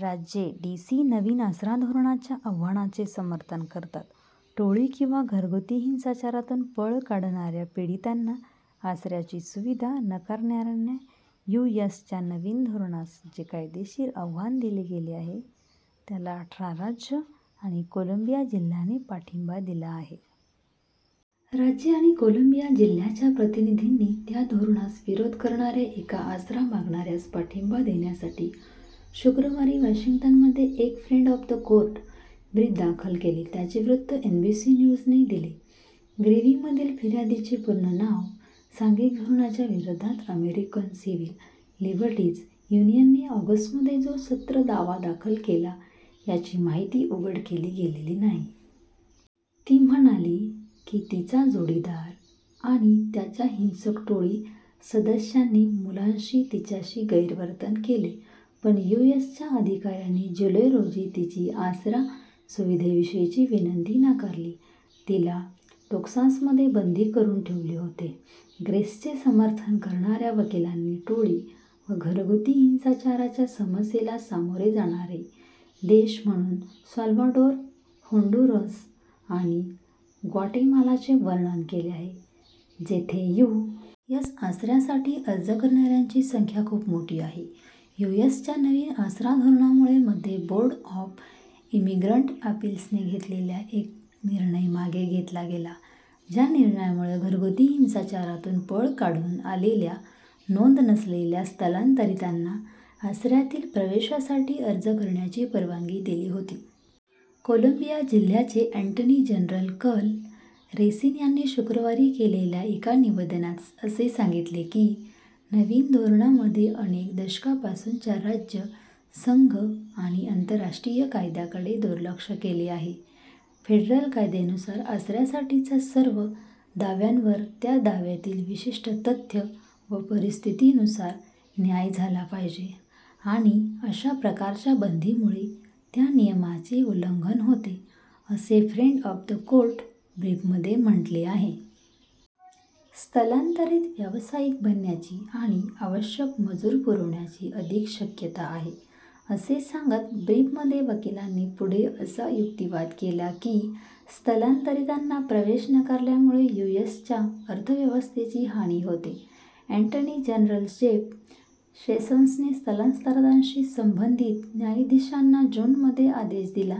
राज्ये, D. C. नवीन आसरा धोरणाच्या आव्हानाचे समर्थन करतात. टोळी किंवा घरगुती हिंसाचारातून पळ काढणाऱ्या पीडितांना आसऱ्याची सुविधा नाकारणाऱ्या यू. एस. च्या नवीन धोरणास जे कायदेशीर आव्हान दिले गेले आहे त्याला अठरा राज्ये आणि कोलंबिया जिल्ह्याने पाठिंबा दिला आहे. राज्ये आणि कोलंबिया जिल्ह्याच्या प्रतिनिधींनी, त्या धोरणास विरोध करणाऱ्या एका आसरा-मागणाऱ्यास पाठिंबा देण्यासाठी शुक्रवारी वॉशिंग्टनमध्ये एक फ्रेंड-ऑफ-द-कोर्ट ब्रीफ दाखल केले, असे वृत्त एनबीसी न्यूजने दिले. Grace v. मधील फिर्यादीचे पूर्ण नाव सांघिक धोरणाच्या विरोधात अमेरिकन सिव्हिल लिबर्टीज यूनियनने ऑगस्टमध्ये जो सत्र दावा दाखल केला त्याची माहिती उघड केली गेलेली नाही. ती म्हणाली की तिचा जोडीदार "आणि त्याच्या हिंसक टोळी सदस्याच्या मुलांंनी" तिच्याशी गैरवर्तन केले पण यू. एस. च्या अधिकाऱ्यांनी जुलै रोजी तिची आसरा सुविधेविषयीची विनंती नाकारली. तिला टेक्सासमध्ये बंदी करून ठेवले होते. ग्रेसचे समर्थन करणाऱ्या वकिलांनी टोळी व घरगुती हिंसाचाराच्या समस्येला सामोरे जाणारे देश म्हणून साल्वाडोर, होंडुरस आणि ग्वाटेमालाचे वर्णन केले, जिथे यू. एस. आसऱ्यासाठी अर्ज करणाऱ्यांची संख्या खूप मोठी आहे. यू. एस. च्या नवीन आसरा धोरणामुळे मध्ये बोर्ड ऑफ इमिग्रंट अपील्सने घेतलेला एक निर्णय मागे घेतला गेला, ज्या निर्णयामुळे घरगुती हिंसाचारातून पळ काढून आलेल्या, नोंद नसलेल्या स्थलांतरीतांना आसऱ्यातील प्रवेशासाठी अर्ज करायची परवानगी दिली होती. कोलंबिया जिल्ह्याचे अॅटर्नी जनरल कार्ल रेसिन यांनी शुक्रवारी केलेल्या एका निवेदनात असे सांगितले की नवीन धोरणामध्ये "अनेक दशकांपासूनच्या राज्य, संघ आणि आंतरराष्ट्रीय कायद्याकडे दुर्लक्ष केले आहे. " "फेडरल कायद्यानुसार आसऱ्यासाठीच्या सर्व दाव्यांवर, त्या दाव्यातील विशिष्ट तथ्ये व परिस्थितींनुसार न्याय झाला पाहिजे आणि अशा प्रकारच्या बंदीमुळे त्या नियमाचे उल्लंघन होते," असे फ्रेंड-ऑफ-द कोर्ट ब्रीफमध्ये म्हटले आहे. स्थलांतरीत व्यावसायिक बनण्याची आणि "आवश्यक मजूर पुरवण्याची" अधिक शक्यता आहे असे सांगत ब्रीफमध्ये वकिलांनी पुढे असा युक्तिवाद केला की स्थलांतरींताना प्रवेश नाकारल्यामुळे यू. एस. च्या अर्थव्यवस्थेची हानी होते अॅटर्नी जनरल जेफ सेशंसने स्थलांतरीतांशी संंबंधित न्यायाधीशांना जूनमध्ये आदेश दिला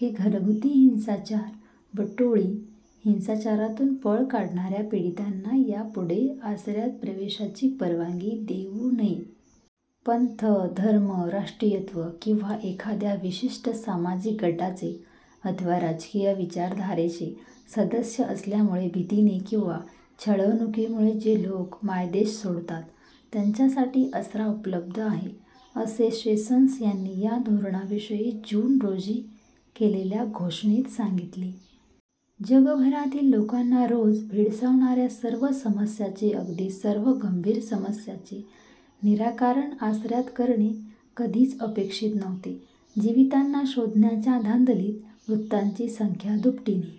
की घरगुती हिंसाचार व टोळी हिंसाचारातून पळ काढणाऱ्या पीडितांना यापुढे आसऱ्यात प्रवेशाची परवानगी देऊ नये. "पंथ, धर्म, राष्ट्रीयत्व किंवा एखाद्या विशिष्ट सामाजिक गटाचे अथवा राजकीय विचारधारेचे सदस्य असल्यामुळे भीतीने किंवा छळणुकीमुळे जे लोक मायदेश सोडतात त्यांच्यासाठी आसरा उपलब्ध आहे," असे सेशंस यांनी या धोरणाविषयी जून रोजी केलेल्या घोषणेत सांगितले. जगभरातील लोकांना रोज भेडसावणाऱ्या सर्व समस्यांचे -- अगदी सर्व गंभीर समस्यांचे -- निराकरण आसऱ्यात करणे कधीच अपेक्षित नव्हते. जीवितांना शोधण्याच्या धांदलीत मृतांची संख्या दुपटीने